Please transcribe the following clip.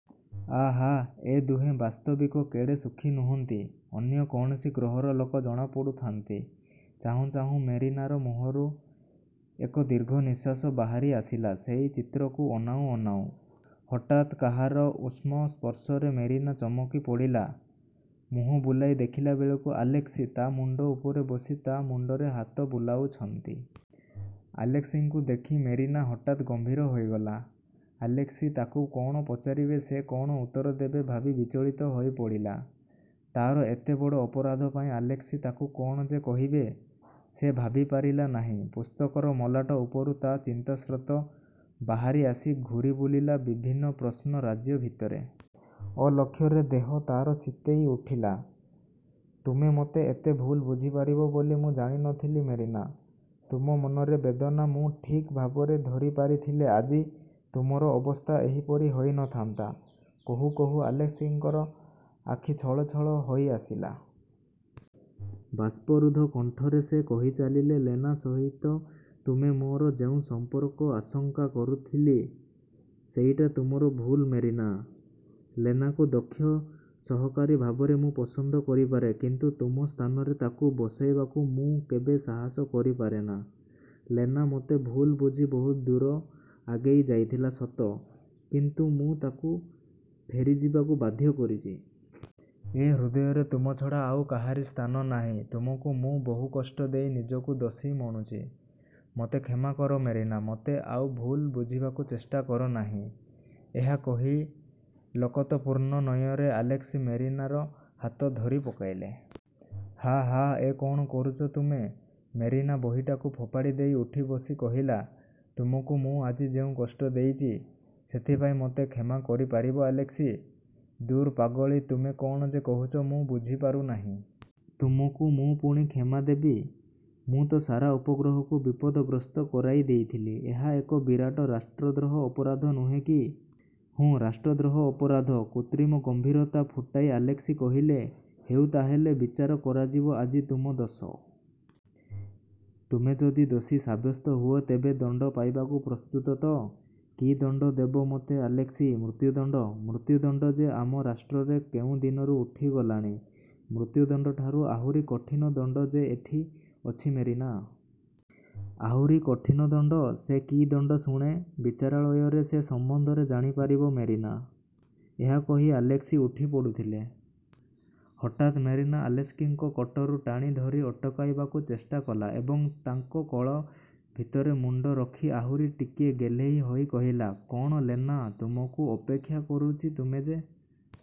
ଆହା, ଏ ଦୁହେଁ ବାସ୍ତବିକ କେଡ଼େ ସୁଖୀ ନୁହନ୍ତି? ଅନ୍ୟ କୌଣସି ଗ୍ରହର ଲୋକ ଜଣାପଡ଼ୁଥାନ୍ତି। ଚାହୁଁ ଚାହୁଁ ମେରିନାର ମୁହଁରୁ ଏକ ଦୀର୍ଘ ନିଃଶ୍ୱାସ ବାହାରି ଆସିଲା ସେଇ ଚିତ୍ରକୁ ଅନାଉଁ ଅନାଉଁ। ହଠାତ୍ କାହାର ଉଷ୍ଣ ସ୍ପର୍ଶରେ ମେରିନା ଚମକି ପଡ଼ିଲା। ମୁହଁ ବୁଲାଇ ଦେଖିଲାବେଳକୁ ଆଲେସ୍କି ତା' ମୁଣ୍ଡ ଉପରେ ବସି ତା ମୁଣ୍ଡରେ ହାତ ବୁଲାଉଛନ୍ତି। ଆଲେସ୍କିଙ୍କୁ ଦେଖି ମେରିନା ହଠାତ୍ ଗମ୍ଭୀର ହୋଇଗଲା। ଆଲେସ୍କି ତାକୁ କଣ ପଚାରିବେ, ସେ କଣ ଉତ୍ତର ଦେବ ଭାବି ବିଚଳିତ ହୋଇପଡ଼ିଲା। ତା'ର ଏତେ ବଡ଼ ଅପରାଧ ପାଇଁ ଆଲେସ୍କି ତାକୁ କଣ ଯେ କହିବେ, ସେ ଭାବିପାରିଲା ନାହିଁ। ପୁସ୍ତକର ମଲାଟ ଉପରୁ ତା ଚିନ୍ତାସ୍ରୋତ ବାହାରି ଆସି ଘୂରିବୁଲିଲା ବିଭିନ୍ନ ପ୍ରଶ୍ନ-ରାଜ୍ୟ ଭିତରେ। ଅଲକ୍ଷ୍ୟରେ ଦେହ ତାର ଶୀତେଇ ଉଠିଲା। ''ତୁମେ ମୋତେ ଏତେ ଭୁଲ ବୁଝିବ ବୋଲି ମୁଁ ଜାଣି ନଥିଲି ମେରିନା! ତୁମ ମନର ବେଦନା ମୁଁ ଠିକ୍ ଭାବରେ ଧରିପାରିଥିଲେ ଆଜି ତୁମର ଅବସ୍ଥା ଏପରି ହୋଇ ନଥାନ୍ତା। '' କହୁଁ କହୁଁ ଆଲେସ୍କିଙ୍କର ଆଖି ଛଳଛଳ ହୋଇଆସିଲା। ବାଷ୍ପରୁଦ୍ଧ କଣ୍ଠରେ ସେ କହିଚାଲିଲେ, ''ଲେନା ସହିତ ତୁମେ ମୋର ଯେଉଁ ସମ୍ପର୍କ ଆଶଙ୍କା କରୁଥିଲି, ସେଇଟା ତୁମର ଭୁଲ ମେରିନା! ଲେନାକୁ ଦକ୍ଷ ସହକାରୀ ଭାବରେ ମୁଁ ପସନ୍ଦ କରିପାରେ; କିନ୍ତୁ ତୁମ ସ୍ଥାନରେ ତାକୁ ବସାଇବାକୁ ମୁଁ କେବେ ସାହସ କରିପାରେନା। ଲେନା ମୋତେ ଭୁଲ୍ ବୁଝି ବହୁ ଦୂର ଆଗେଇଯାଇଥିଲା ସତ; କିନ୍ତୁ ମୁଁ ତାକୁ ଫେରିଯିବାକୁ ବାଧ୍ୟ କରିଛି। ଏ ହୃଦୟରେ ତୁମ ଛଡ଼ା ଆଉ କାହାରି ସ୍ଥାନ ନାହିଁ। ତୁମକୁ ମୁଁ ବହୁକଷ୍ଟ ଦେଇ ନିଜକୁ ଦୋଷୀ ମଣୁଛି। ମୋତେ କ୍ଷମାକର ମେରିନା! ମୋତେ ଆଉ ଭୁଲ ବୁଝିବାକୁ ଚେଷ୍ଟା କରନାହିଁ। '' ଏହା କହି ଲୋତକପୂର୍ଣ୍ଣ ନୟନରେ ଆଲେସ୍କି ମେରିନାର ହାତ ଧରିପକାଇଲେ। ''ହାଁ, ହାଁ, ଏ କଣ କରୁଛ ତୁମେ? '' ମେରିନା ବହିଟାକୁ ଫୋପାଡ଼ି ଦେଇ ଉଠି ବସି କହିଲା, ''ତୁମକୁ ଆଜି ମୁଁ ଯେଉଁ କଷ୍ଟ ଦେଇଛି, ସେଥିପାଇଁ ମୋତେ କ୍ଷମା କରିପାରିବ ଆଲେସ୍କି? '' ''ଦୂର୍ ପାଗଳି, ତୁମେ କ'ଣ ଯେ କହୁଛି ମୁଁ ବୁଝିପାରୁନାହିଁ। ତୁମକୁ ମୁଁ ପୁଣି କ୍ଷମା ଦେବି-? '' ''ମୁଁ ତ ସାରା ଉପଗ୍ରହକୁ ବିପଦଗ୍ରସ୍ତ କରାଇ ଦେଇଥିଲି। ଏହା ଏକ ବିରାଟ ରାଷ୍ଟ୍ରଦ୍ରୋହ ଅପରାଧ ନୁହେଁ କି? '' ''ହୁଁ, ରାଷ୍ଟ୍ରଦ୍ରୋହ ଅପରାଧ! '' କୃତ୍ରିମ ଗମ୍ଭୀରତା ଫୁଟାଇ ଆଲେସ୍କି କହିଲେ, ''ହେଉ, ତା' ହେଲେ ବିଚାର କରାଯିବ ଆଜି ତୁମ ଦୋଷ। ତୁମେ ଯଦି ଦୋଷୀ ସାବ୍ୟସ୍ତ ହୁଅ, ତେବେ ଦଣ୍ଡ ପାଇବାକୁ ପ୍ରସ୍ତୁତ ତ? '' ''କି ଦଣ୍ଡ ଦେବ ମୋତେ ଆଲେସ୍କି? ମୃତ୍ୟୁଦଣ୍ଡ? ମୃତ୍ୟୁଦଣ୍ଡ ଯେ ଆମ ରାଷ୍ଟ୍ରରେ କେଉଁ ଦିନରୁ ଉଠିଗଲାଣି। '' ''ମୃତ୍ୟୁଦଣ୍ଡଠାରୁ ଆହୁରି କଠିନ ଦଣ୍ଡ ଯେ ଏଠି ଅଛି ମେରିନା! '' ''ଆହୁରି କଠିନ ଦଣ୍ଡ? ସେ କି ଦଣ୍ଡ ଶୁଣେ? '' ''ବିଚାରାଳୟରେ। ସେ ସମ୍ବନ୍ଧରେ ଜାଣିପାରିବ ମେରିନା। '' ଏହା କହି ଆଲେସ୍କି ଉଠିପଡ଼ୁଥିଲେ। ହଠାତ୍ ମେରିନା ଆଲେସ୍କିଙ୍କ କୋଟକୁ ଟାଣି ଧରି ଅଟକାଇବାକୁ ଚେଷ୍ଟା କଲା ଏବଂ ତାଙ୍କ କୋଳ ଭିତରେ ମୁଣ୍ଡ ରଖି ଆହୁରି ଟିକିଏ ଗେହ୍ଲେଇ ହୋଇ କହିଲା, ''କଣ ଲେନା ତୁମକୁ ଅପେକ୍ଷା କରୁଛି? ତୁମେ ଯେ